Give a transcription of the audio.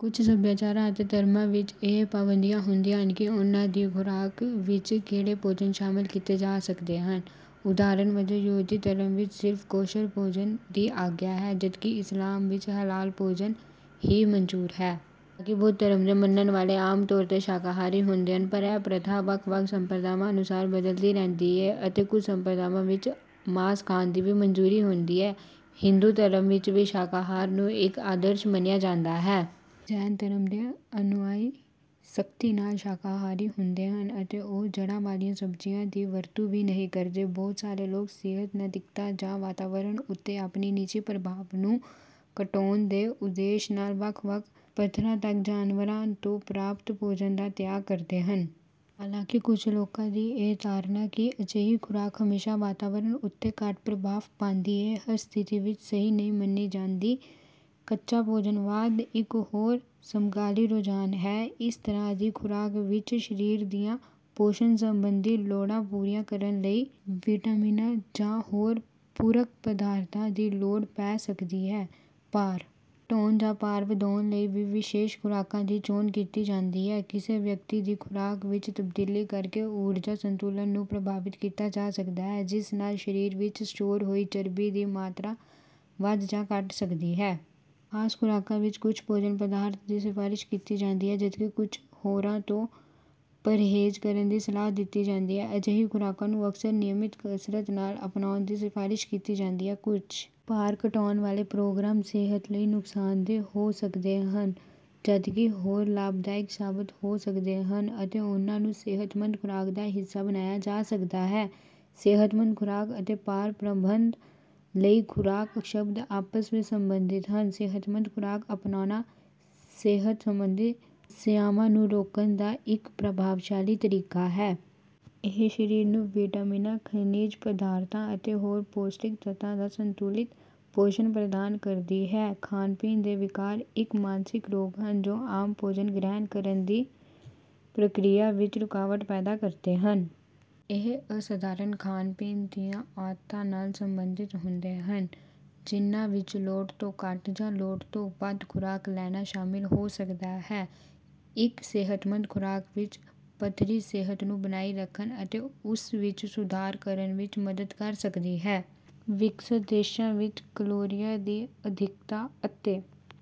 ਕੁਝ ਸਭਿਆਚਾਰਾਂ ਅਤੇ ਧਰਮਾਂ ਵਿੱਚ ਇਹ ਪਾਬੰਦੀਆਂ ਹੁੰਦੀਆਂ ਹਨ ਕਿ ਉਨ੍ਹਾਂ ਦੀ ਖੁਰਾਕ ਵਿੱਚ ਕਿਹੜੇ ਭੋਜਨ ਸ਼ਾਮਲ ਕੀਤੇ ਜਾ ਸਕਦੇ ਹਨ। ਉਦਾਹਰਨ ਵਜੋਂ, ਯਹੂਦੀ ਧਰਮ ਵਿੱਚ ਸਿਰਫ਼ ਕੋਸ਼ਰ ਭੋਜਨ ਦੀ ਆਗਿਆ ਹੈ, ਜਦਕਿ ਇਸਲਾਮ ਵਿੱਚ ਹਲਾਲ ਭੋਜਨ ਹੀ ਮਨਜ਼ੂਰ ਹੈ। ਹਾਲਾਂਕਿ ਬੌਧ ਧਰਮ ਦੇ ਮੰਨਣ ਵਾਲੇ ਆਮ ਤੌਰ ’ਤੇ ਸ਼ਾਕਾਹਾਰੀ ਹੁੰਦੇ ਹਨ, ਪਰ ਇਹ ਪ੍ਰਥਾ ਵੱਖ-ਵੱਖ ਸੰਪਰਦਾਵਾਂ ਅਨੁਸਾਰ ਬਦਲਦੀ ਰਹਿੰਦੀ ਹੈ ਅਤੇ ਕੁਝ ਸੰਪਰਦਾਵਾਂ ਵਿੱਚ ਮਾਸ ਖਾਣ ਦੀ ਵੀ ਮਨਜ਼ੂਰੀ ਹੁੰਦੀ ਹੈ। ਹਿੰਦੂ ਧਰਮ ਵਿੱਚ ਵੀ ਸ਼ਾਕਾਹਾਰ ਨੂੰ ਇੱਕ ਆਦਰਸ਼ ਮੰਨਿਆ ਜਾਂਦਾ ਹੈ। ਜੈਨ ਧਰਮ ਦੇ ਅਨੁਯਾਈ ਸਖ਼ਤੀ ਨਾਲ ਸ਼ਾਕਾਹਾਰੀ ਹੁੰਦੇ ਹਨ ਅਤੇ ਉਹ ਜੜ੍ਹਾਂ ਵਾਲੀਆਂ ਸਬਜ਼ੀਆਂ ਦੀ ਵਰਤੋਂ ਵੀ ਨਹੀਂ ਕਰਦੇ। ਬਹੁਤ ਸਾਰੇ ਲੋਕ ਸਿਹਤ, ਨੈਤਿਕਤਾ ਜਾਂ ਵਾਤਾਵਰਣ ਉੱਤੇ ਆਪਣੇ ਨਿੱਜੀ ਪ੍ਰਭਾਵ ਨੂੰ ਘਟਾਉਣ ਦੇ ਉਦੇਸ਼ ਨਾਲ ਵੱਖ-ਵੱਖ ਪੱਧਰਾਂ ਤੱਕ ਜਾਨਵਰਾਂ ਤੋਂ ਪ੍ਰਾਪਤ ਭੋਜਨ ਦਾ ਤਿਆਗ ਕਰਦੇ ਹਨ। ਹਾਲਾਂਕਿ, ਕੁਝ ਲੋਕਾਂ ਦੀ ਇਹ ਧਾਰਨਾ ਕਿ ਅਜਿਹੀ ਖੁਰਾਕ ਹਮੇਸ਼ਾਂ ਵਾਤਾਵਰਣ ਉੱਤੇ ਘੱਟ ਪ੍ਰਭਾਵ ਪਾਂਦੀ ਹੈ, ਹਰ ਸਥਿਤੀ ਵਿੱਚ ਸਹੀ ਨਹੀਂ ਮੰਨੀ ਜਾਂਦੀ। ਕੱਚਾ ਭੋਜਨਵਾਦ ਇੱਕ ਹੋਰ ਸਮਕਾਲੀ ਰੁਝਾਨ ਹੈ। ਇਸ ਤਰ੍ਹਾਂ ਦੀ ਖੁਰਾਕ ਵਿੱਚ ਸਰੀਰ ਦੀਆਂ ਪੋਸ਼ਣ ਸੰਬੰਧੀ ਲੋੜਾਂ ਪੂਰੀਆਂ ਕਰਨ ਲਈ ਵਿਟਾਮਿਨਾਂ ਜਾਂ ਹੋਰ ਪੂਰਕ ਪਦਾਰਥਾਂ ਦੀ ਲੋੜ ਪੈ ਸਕਦੀ ਹੈ। ਭਾਰ ਘਟਾਉਣ ਜਾਂ ਭਾਰ ਵਧਾਉਣ ਲਈ ਵੀ ਵਿਸ਼ੇਸ਼ ਖੁਰਾਕਾਂ ਦੀ ਚੋਣ ਕੀਤੀ ਜਾਂਦੀ ਹੈ। ਕਿਸੇ ਵਿਅਕਤੀ ਦੀ ਖੁਰਾਕ ਵਿੱਚ ਤਬਦੀਲੀ ਕਰਕੇ ਊਰਜਾ ਸੰਤੁਲਨ ਨੂੰ ਪ੍ਰਭਾਵਿਤ ਕੀਤਾ ਜਾ ਸਕਦਾ ਹੈ, ਜਿਸ ਨਾਲ ਸਰੀਰ ਵਿੱਚ ਸਟੋਰ ਹੋਈ ਚਰਬੀ ਦੀ ਮਾਤਰਾ ਵਧ ਜਾਂ ਘਟ ਸਕਦੀ ਹੈ। ਖ਼ਾਸ ਖੁਰਾਕਾਂ ਵਿੱਚ ਕੁਝ ਭੋਜਨ ਪਦਾਰਥਾਂ ਦੀ ਸਿਫ਼ਾਰਸ਼ ਕੀਤੀ ਜਾਂਦੀ ਹੈ, ਜਦਕਿ ਕੁਝ ਹੋਰਾਂ ਤੋਂ ਪਰਹੇਜ਼ ਕਰਨ ਦੀ ਸਲਾਹ ਦਿੱਤੀ ਜਾਂਦੀ ਹੈ। ਅਜਿਹੀਆਂ ਖੁਰਾਕਾਂ ਨੂੰ ਅਕਸਰ ਨਿਯਮਿਤ ਕਸਰਤ ਨਾਲ ਅਪਣਾਉਣ ਦੀ ਸਿਫ਼ਾਰਸ਼ ਕੀਤੀ ਜਾਂਦੀ ਹੈ। ਕੁਝ ਭਾਰ ਘਟਾਉਣ ਵਾਲੇ ਪ੍ਰੋਗਰਾਮ ਸਿਹਤ ਲਈ ਨੁਕਸਾਨਦੇਹ ਹੋ ਸਕਦੇ ਹਨ, ਜਦਕਿ ਹੋਰ ਲਾਭਦਾਇਕ ਸਾਬਤ ਹੋ ਸਕਦੇ ਹਨ ਅਤੇ ਉਨ੍ਹਾਂ ਨੂੰ ਸਿਹਤਮੰਦ ਖੁਰਾਕ ਦਾ ਹਿੱਸਾ ਬਣਾਇਆ ਜਾ ਸਕਦਾ ਹੈ। “ਸਿਹਤਮੰਦ ਖੁਰਾਕ” ਅਤੇ “ਭਾਰ ਪ੍ਰਬੰਧਨ ਲਈ ਖੁਰਾਕ” ਸ਼ਬਦ ਆਪਸ ਵਿੱਚ ਸੰਬੰਧਿਤ ਹਨ, ਸਿਹਤਮੰਦ ਖੁਰਾਕ ਅਪਣਾਉਣਾ ਸਿਹਤ ਸੰਬੰਧੀ ਸਮੱਸਿਆਵਾਂ ਨੂੰ ਰੋਕਣ ਦਾ ਇੱਕ ਪ੍ਰਭਾਵਸ਼ਾਲੀ ਤਰੀਕਾ ਹੈ। ਇਹ ਸਰੀਰ ਨੂੰ ਵਿਟਾਮਿਨਾਂ, ਖਣਿਜ ਪਦਾਰਥਾਂ ਅਤੇ ਹੋਰ ਪੌਸ਼ਟਿਕ ਤੱਤਾਂ ਦਾ ਸੰਤੁਲਿਤ ਪੋਸ਼ਣ ਪ੍ਰਦਾਨ ਕਰਦੀ ਹੈ। ਖਾਣ-ਪੀਣ ਦੇ ਵਿਕਾਰ। ਇੱਕ ਮਾਨਸਿਕ ਰੋਗ ਹਨ, ਜੋ ਆਮ ਭੋਜਨ ਗ੍ਰਹਿਣ ਕਰਨ ਦੀ ਪ੍ਰਕਿਰਿਆ ਵਿੱਚ ਰੁਕਾਵਟ ਪੈਦਾ ਕਰਦੇ ਹਨ। ਇਹ ਅਸਧਾਰਣ ਖਾਣ-ਪੀਣ ਦੀਆਂ ਆਦਤਾਂ ਨਾਲ ਸੰਬੰਧਿਤ ਹੁੰਦੇ ਹਨ, ਜਿਨ੍ਹਾਂ ਵਿੱਚ ਲੋੜ ਤੋਂ ਘੱਟ ਜਾਂ ਲੋੜ ਤੋਂ ਵੱਧ ਖੁਰਾਕ ਲੈਣਾ ਸ਼ਾਮਲ ਹੋ ਸਕਦਾ ਹੈ। ਇੱਕ ਸਿਹਤਮੰਦ ਖੁਰਾਕ ਉੱਚ ਪੱਧਰੀ ਸਿਹਤ ਨੂੰ ਬਣਾਈ ਰੱਖਣ ਅਤੇ ਉਸ ਵਿੱਚ ਸੁਧਾਰ ਕਰਨ ਵਿੱਚ ਮਦਦ ਕਰ ਸਕਦੀ ਹੈ। ਵਿਕਸਤ ਦੇਸ਼ਾਂ ਵਿੱਚ, ਕੈਲੋਰੀਆਂ ਦੀ ਅਧਿਕਤਾ ਅਤੇ…